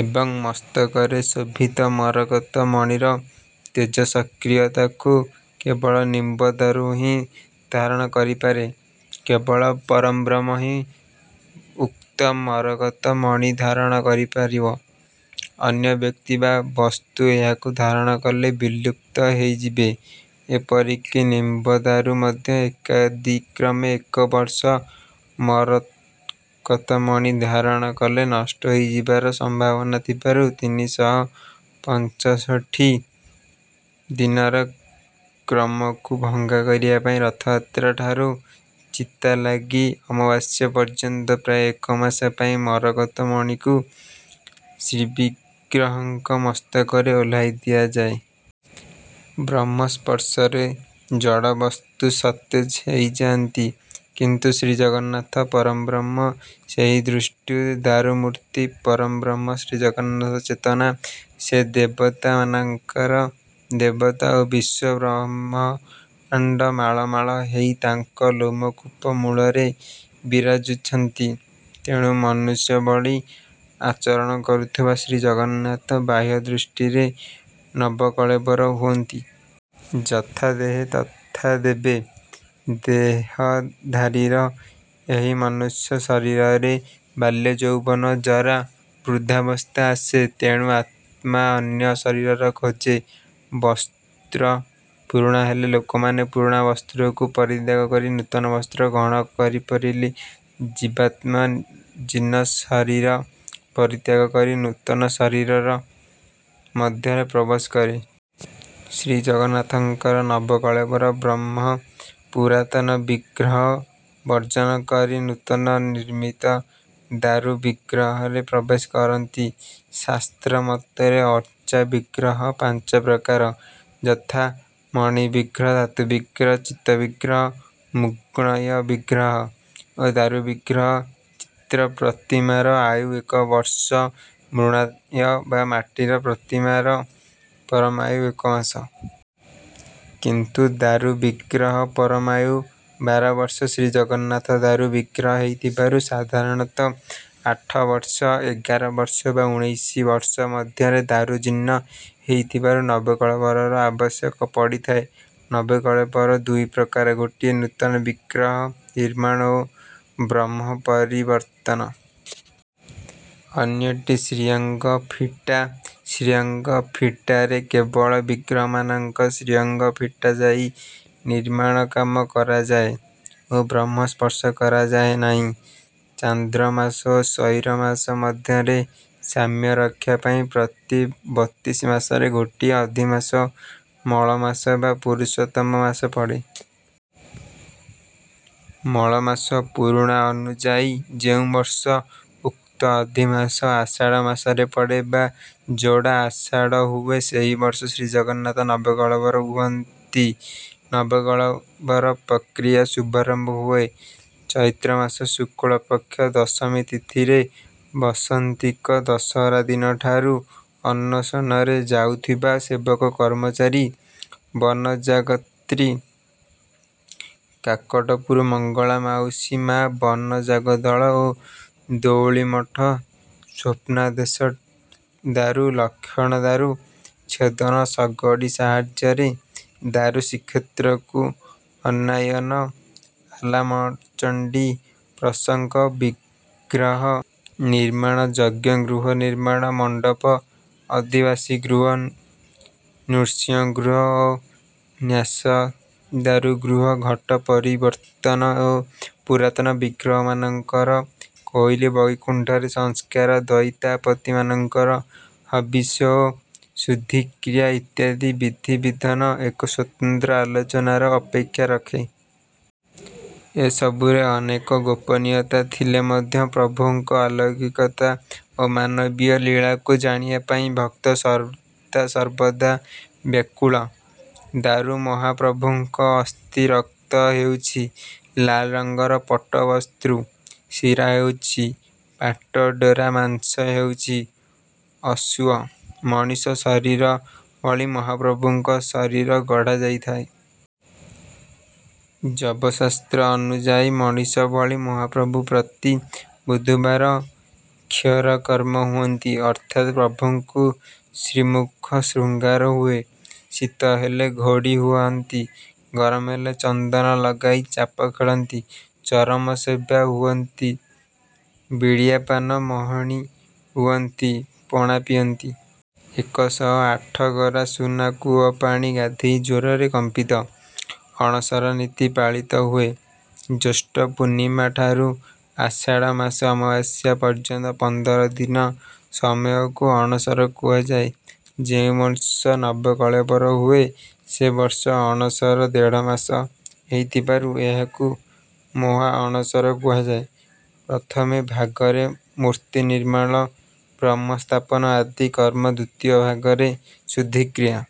ଏବଂ ମସ୍ତକରେ ଶୋଭିତ ମରକତ ମଣିର ତେଜସକ୍ରିୟାତାକୁ କେବଳ ନିମ୍ବ ଦାରୁ ହିଁ ଧାରଣ କରିପାରେ। କେବଳ ପରଂବ୍ରହ୍ମ ହିଁ ଉକ୍ତ ମରକତ ମଣି ଧାରଣ କରିପାରିବ। ଅନ୍ୟ ବ୍ୟକ୍ତି ବା ବସ୍ତୁ ଏହାକୁ ଧାରଣ କଲେ ବିଲୁପ୍ତ ହେଇଯିବେ। ଏପରିକି ନିମ୍ବ ଦାରୁ ମଧ୍ୟ ଏକାଦିକ୍ରମେ ଏକ ବର୍ଷ ମରକତମଣି ଧାରଣ କଲେ ନଷ୍ଟ ହେଇଯିବାର ସମ୍ଭାବନା ଥିବାରୁ ତିନି ଶହ ପଞ୍ଚଷଠି ଦିନର କ୍ରମକୁ ଭଙ୍ଗ କରିବା ପାଇଁ ରଥଯାତ୍ରା ଠାରୁ ଚିତାଲାଗି ଅମାବାସ୍ୟା ପର୍ଯ୍ୟନ୍ତ ପ୍ରାୟ ଏକମାସ ପାଇଁ ମରକତ ମଣିକୁ ଶ୍ରୀବିଗ୍ରହଙ୍କ ମସ୍ତକରୁ ଓହ୍ଲାଇ ଦିଆଯାଏ। ବ୍ରହ୍ମସ୍ପର୍ଶରେ ଜଡ଼ବସ୍ତୁ ସତେଜ ହେଇଯାନ୍ତି। କିନ୍ତୁ ଶ୍ରୀଜଗନ୍ନାଥ ପରଂବ୍ରହ୍ମ। ସେହିଦୃଷ୍ଟିରୁ ଦାରୁମୂର୍ତି ପରଂବ୍ରହ୍ମ ଶ୍ରୀଜଗନ୍ନାଥ ଚେତନା। ସେ ଦେବତା ମାନଙ୍କର ଦେବତା ଓ ବିଶ୍ୱ ବ୍ରମହାଣ୍ଡ ମାଳ ମାଳ ହେଇ ତାଙ୍କ ଲୋମକୂପ ମୂଳରେ ବିରାଜୁଛନ୍ତି। ତେଣୁ ମନୁଷ୍ୟ ଭଳି ଆଚରଣ କରୁଥିବା ଶ୍ରୀଜଗନ୍ନାଥ ବାହ୍ୟଦୃଷ୍ଟିରେ ନବକଳେବର ହୁଅନ୍ତି। ଯଥାଦେହେ ତଥା ଦେବେ। ଦେହଧାରୀର ଏହି ମନୁଷ୍ୟ ଶରୀରରେ ବାଲ୍ୟ, ଯୌବନ, ଜରା, ବୃଦ୍ଧାବସ୍ଥା ଆସେ। ତେଣୁ ଆତ୍ମା ଅନ୍ୟ ଶରୀର ଖୋଜେ। ବସ୍ତ୍ର ପୁରୁଣା ହେଲେ ଲୋକମାନେ ପୁରୁଣା ବସ୍ତ୍ରକୁ ପରିତ୍ୟାଗ କରି ନୂତନ ବସ୍ତ୍ର ଗ୍ରହଣ କରିପାରିଲି ଜୀବାତ୍ମା ଜୀର୍ଣ୍ଣ ଶରୀର ପରିତ୍ୟାଗ କରି ନୂତନ ଶରୀର ର ମଧ୍ୟରେ ପ୍ରବେଶ କରେ। ଶ୍ରୀଜଗନ୍ନାଥଙ୍କର ନବକଳେବରେ ବ୍ରହ୍ମ ପୁରାତନ ବିଗ୍ରହ ବର୍ଜନ କରି ନୂତନ ନିର୍ମିତ ଦାରୁ ବିଗ୍ରହରେ ପ୍ରବେଶ କରନ୍ତି। ଶାସ୍ତ୍ର ମତରେ ଅର୍ଚା ବିଗ୍ରହ ପାଞ୍ଚ ପ୍ରକାର। ଯଥା ମଣିବିଗ୍ରହ, ଧାତୁବିଗ୍ରହ, ଚିତ୍ର ବିଗ୍ରହ, ମୃଣ୍ମ ୟ ବିଗ୍ରହ ଓ ଦାରୁ ବିଗ୍ରହ। ଚିତ୍ର ପ୍ରତିମାର ଆୟୁ ଏକ ବର୍ଷ। ମୃଣ୍ମୟ ବା ମାଟି ପ୍ରତିମାର ପରମାୟୁ ଏକ ମାସ। କିନ୍ତୁ ଦାରୁ ବିଗ୍ରହ ପରମାୟୁ ବାର ବର୍ଷ। ଶ୍ରୀଜଗନ୍ନାଥ ଦାରୁ ବିଗ୍ରହ ହୋଇଥିବାରୁ ସାଧାରଣତଃ ଆଠ ବର୍ଷ, ଏଗାର ବର୍ଷ ବା ଉଣେଇଶି ବର୍ଷ ମଧ୍ୟରେ ଦାରୁ ଜୀର୍ଣ୍ଣ ହେଇଥିବାରୁ ନବକଳେବରର ଆବଶ୍ୟକ ପଡିଥାଏ। ନବକଳେବର ଦୁଇ ପ୍ରକାରର ଗୋଟିଏ ନୂତନ ବିଗ୍ରହ ନିର୍ମାଣ ଓ ବ୍ରହ୍ମ ପରିବର୍ତ୍ତନ। ଅନ୍ୟଟି ଶ୍ରୀଅଙ୍ଗ ଫିଟା। ଶ୍ରୀଅଙ୍ଗ ଫିଟାରେ କେବଳ ବିଗ୍ରହ ମାନଙ୍କ ଶ୍ରୀଅଙ୍ଗ ଫିଟାଯାଇ ନିର୍ମାଣକାମ କରାଯାଏ ଓ ବ୍ରହ୍ମ ସ୍ପର୍ଶ କରାଯାଏ ନାହିଁ। ଚାନ୍ଦ୍ରମାସ ଓ ସୌରମାସ ମଧ୍ୟରେ ସାମ୍ୟ ରକ୍ଷା ପାଇଁ ପ୍ରତି ବତିଶି ମାସରେ ଗୋଟିଏ ଅଧିମାସ, ମଳ ମାସ ବା ପୁରୁଷୋତ୍ତମ ମାସ ପଡେ। ମଳମାସ ପୁରୁଣା ଅନୁଯାୟୀ ଯେଉଁବର୍ଷ ଉକ୍ତ ଅଧିମାସ ଆଷାଢ଼ ମାସରେ ପଡେ ବା ଯୋଡ଼ା ଆଷାଢ଼ ହୁଏ ସେହି ବର୍ଷ ଶ୍ରୀଜଗନ୍ନାଥ ନବକଳେବର ହୁଅନ୍ତି। ନବକଳେବର ପ୍ରକିୟାର ଶୁଭାରମ୍ଭ ହୁଏ। ଚୈତ୍ରମାସ ଶୁକ୍ଳପକ୍ଷ ଦଶମୀ ତିଥିରେ। ବସନ୍ତିକ ଦଶହରା ଦିନ। ଦାରୁ ଅନ୍ୱେଷଣରେ ଯାଉଥିବା ସେବକ, କର୍ମଚାରୀ, ବନଯାଗତ୍ରୀ, କାକଟପୁର ମଙ୍ଗଳା, ମାଉସୀ ମା, ବନଯାଗ ଦଳ ଓ ଦେଉଳିମଠ, ସ୍ୱପ୍ନାଦେଶ, ଦାରୁ ଲକ୍ଷଣ, ଦାରୁ ଛେଦନ, ଶଗଡି ସାହାଯ୍ୟରେ ଦାରୁ ଶ୍ରୀକ୍ଷେତ୍ରକୁ ଆନୟନ, ଆଲାମଚଣ୍ଡୀ ପ୍ରସଙ୍ଗ, ବିଗ୍ରହ ନିର୍ମାଣ, ଯଜ୍ଞଗୃହ, ନିର୍ମାଣ ମଣ୍ଡପ, ଅଧିବାସୀ ଗୃହ, ନୃସିଂହଗୃହ ଓ ନ୍ୟାସଦାରୁଗୃହ, ଘଟ ପରିବର୍ତନ ଓ ପୁରାତନ ବିଗ୍ରହମାନଙ୍କର କୋଇଲି ବୈକୁଣ୍ଠରେ ସଂସ୍କାର, ଦଇତାପତିମାନଙ୍କର ହବିଷ୍ୟ ଓ ଶୁଦ୍ଧିକ୍ରିୟା ଇତ୍ୟାଦି ବିଧି ବିଧାନ ଏକ ସ୍ୱତନ୍ତ୍ର ଆଲୋଚନାର ଅପେକ୍ଷା ରଖେ। ଏସବୁରେ ଅନେକ ଗୋପନୀୟତା ଥିଲେ ମଧ୍ୟ ପ୍ରଭୁଙ୍କ ଅଲୌକିକତା ଓ ମାନବୀୟ ଲୀଳାକୁ ଜାଣିବା ପାଇଁ ଭକ୍ତ ସଦାସର୍ବଦା ବ୍ୟାକୁଳ। ଦାରୁ ମହା ପ୍ରଭୁଙ୍କ ଅସ୍ଥି। ରକ୍ତ ହେଉଛି ଲାଲ ରଙ୍ଗର ପଟ୍ଟବସ୍ତ୍ରୁ। ଶିରା ହେଉଛି ପାଟ ଡୋର। ମାଂସ ହେଉଛି ଅଷୁଅ। ମଣିଷ ଶରୀର ଭଳି ମହାପ୍ରଭୁଙ୍କ ଶରୀର ଗଢ଼ା ଯାଇଥାଏ। ଯବଶାସ୍ତ୍ର ଅନୁଯାୟୀ ମଣିଷ ଭଳି ମହାପ୍ରଭୁ ପ୍ରତି ବୁଧବାର କ୍ଷୌର କର୍ମ ହୁଅନ୍ତି। ଅର୍ଥାତ ପ୍ରଭୁଙ୍କୁ ଶ୍ରୀମୁଖ ଶୃଙ୍ଗାର ହୁଏ। ଶୀତ ହେଲେ ଘୋଡ଼ି ହଅନ୍ତି। ଗରମ ହେଲେ ଚନ୍ଦନ ଲଗାଇ ଚାପ ଖେଳନ୍ତି। ଚରମ ସେବା ହୁଅନ୍ତି। ବିଡିଆ ପାନ ମହୋଣି ହୁଅନ୍ତି। ପଣା ପିଅନ୍ତି। ଏକ ଶହ ଆଠ ଗରା ସୁନା କୂଅ ପାଣି ଗାଧେଇ ଜ୍ୱରରେ କମ୍ପିତ। ଅଣସର ନୀତି ପାଳିତ ହୁଏ। ଜ୍ୟେଷ୍ଠ ପୂର୍ଣ୍ଣିମା ଠାରୁ ଆଷାଢ଼ ମାସ ଅମାବାସ୍ୟା ପର୍ଯ୍ୟନ୍ତ ପନ୍ଦର ଦିନ ସମୟକୁ ଅଣସର କୁହାଯାଏ। ଯେଉଁ ବର୍ଷ ନବକଳେବର ହୁଏ, ସେ ବର୍ଷ ଅଣସର ଦେଢମାସ ହେଇଥିବାରୁ ଏହାକୁ ମାହାଅଣସର କୁହାଯାଏ। ପ୍ରଥମ ଭାଗରେ ମୂର୍ତ୍ତି ନିର୍ମାଣ, ବ୍ରହ୍ମସ୍ଥାପନ ଆଦି କର୍ମ, ଦୁତୀୟ ଭାଗରେ ଶୁଦ୍ଧିକ୍ରିୟା